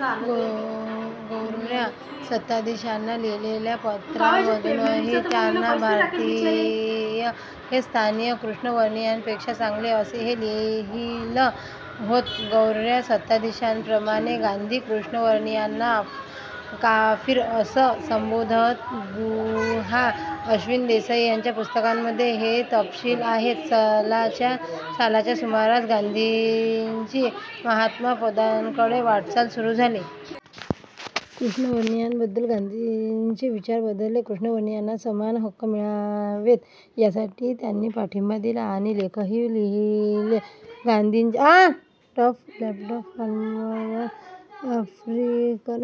गोर्या सत्ताधीशांना लिहिलेल्या पत्रांमधूनही त्यांनी भारतीय हे स्थानिक कृष्णवर्णीयांपेक्षा चांगले कसे, हे लिहिलं होतं. गोर्या सत्ताधीशांप्रमाणेच गांधी कृष्णवर्णीयांना 'काफिर' असं संबोधत. गुहा, अश्विन देसाई यांच्या पुस्तकांमध्ये हे तपशील आहेत. सालाच्या सुमारास गांधींची महात्मापदाकडे वाटचाल सुरू झाली. कृष्णवर्णीयांबद्दलचे गांधींचे विचार बदलले. कृष्णवर्णीयांना समान हक्क मिळावेत, यासाठी त्यांनी पाठिंबा दिला आणि लेखही लिहिले. गांधींच्या टॉलस्टॉय फार्मवर आफ्रिकन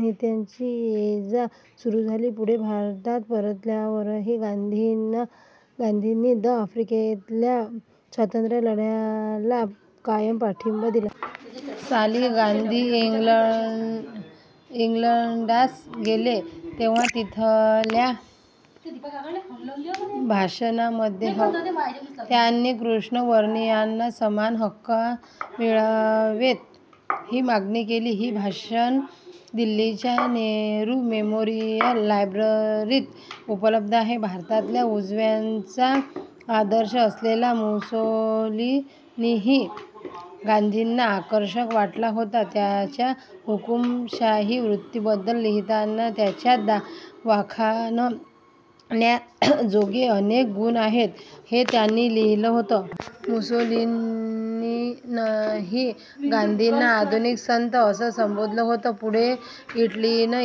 नेत्यांची येजा सुरू झाली. पुढे भारतात परतल्यावरही गांधींनी द. आफ्रिकेतल्या स्वातंत्र्यलढ्याला कायम पाठिंबा दिला. साली गांधी इंग्लंडास गेले, तेव्हा तिथल्या भाषणांमध्येही त्यांनी कृष्णवर्णीयांना समान हक्का मिळावेत, ही मागणी केली. ही भाषणं दिल्लीच्या नेहरू मेमोरियल लायब्ररीत उपलब्ध आहेत. भारतातल्या उजव्यांचा आदर्श असलेला मुसोलिनीही गांधींना आकर्षक वाटला होता. त्याच्या हुकुमशाही वृत्तीबद्दल लिहिताना त्याच्यात वाखाणण्याजोगे अनेक गुण आहेत, हे त्यांनी लिहिलं होतं. मुसोलिनीनंही गांधींना 'आधुनिक संत' असं संबोधलं होतं. पुढे इटलीनं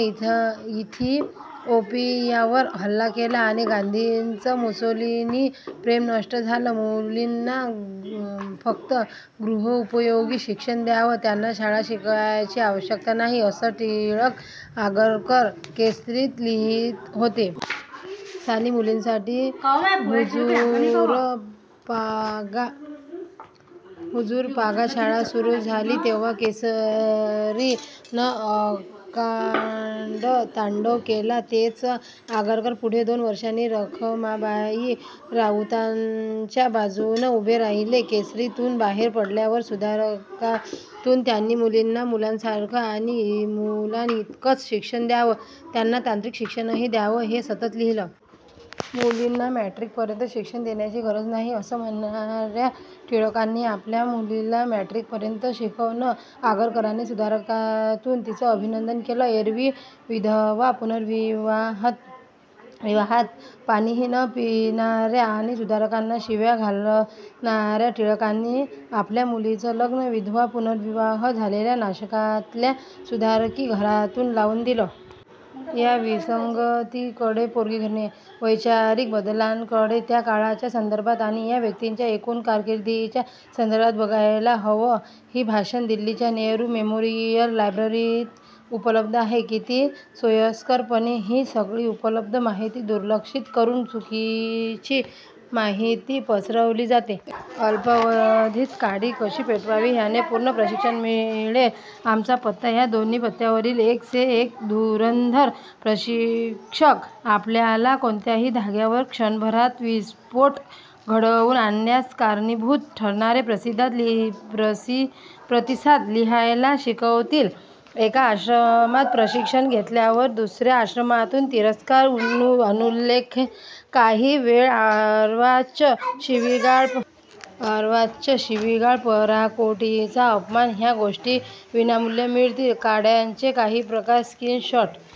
इथिओपियावर हल्ला केला आणि गांधींचं मुसोलिनी-प्रेम नष्ट झालं. मुलींना फक्त गृहोपयोगी शिक्षण द्यावं, त्यांना शाळा शिकवायची आवश्यकता नाही असं टिळक आगरकर 'केसरी'त लिहीत होते. साली मुलींसाठी हुजूरपागा शाळा सुरू झाली तेव्हा 'केसरी'नं आकांडतांडव केला. तेच आगरकर पुढे दोन वर्षांनी रखमाबाई राउतांच्या बाजूनं उभे राहिले. 'केसरी'तून बाहेर पडल्यावर 'सुधारका'तून त्यांनी 'मुलींना मुलांसारखंच आणि मुलांइतकंच शिक्षण द्यावं, त्यांना तांत्रिक शिक्षणही द्यावं' हे सतत लिहिलं. मुलींना मॅट्रिकपर्यंतचं शिक्षण देण्याची गरज नाही, असं म्हणणार्या टिळकांनी आपल्या मुलीला मॅट्रिकपर्यंत शिकवलं. आगरकरांनी सुधारकातून तिचं अभिनंदन केलं. एरवी विधवा-पुनर्विवाहात पाणीही न पिणार्या आणि सुधारकांना शिव्या घालणार्या टिळकांनी आपल्या मुलीचं लग्न विधवा-पुनर्विवाह झालेल्या नाशकातल्या सुधारकी घरातच लावून दिलं. या विसंगतींकडे, वैचारिक बदलांकडे त्या काळाच्या संदर्भात आणि या व्यक्तींच्या एकूण कारकिर्दीच्या संदर्भात बघायला हवं. ही भाषणं दिल्लीच्या नेहरू मेमोरियल लायब्ररीत उपलब्ध आहेत >> किती सोयीस्करपणे ही सगळी ऊपलब्ध माहिती दुर्लक्षित करून चुकीची माहिती पसरवली जाते. अल्पावधीत काडी कशी पेटवावी ह्याचे पूर्ण प्रशिक्षण मिळेलःआमचा पत्ता: ्या दोन्ही पत्त्यांवरील एक से एक धुरंधर प्रशिक्षक आपल्याला कोणत्याही धाग्यावर क्षणभरात विस्फोट घडवून आणण्यास कारणीभूत ठरणारे प्रतिसाद लिहायला शिकवतील. एका आश्रमात प्रशिक्षण घेतल्यास दुसर्या आश्रमातून तिरस्कार, अनुल्लेख, काही वेळा अर्वाच्य शिवीगाळ, पराकोटीचा अपमान ह्या गोष्टी विनामूल्य मिळतील. काड्यांचे काही प्रकारः स्क्रीन शॉट्स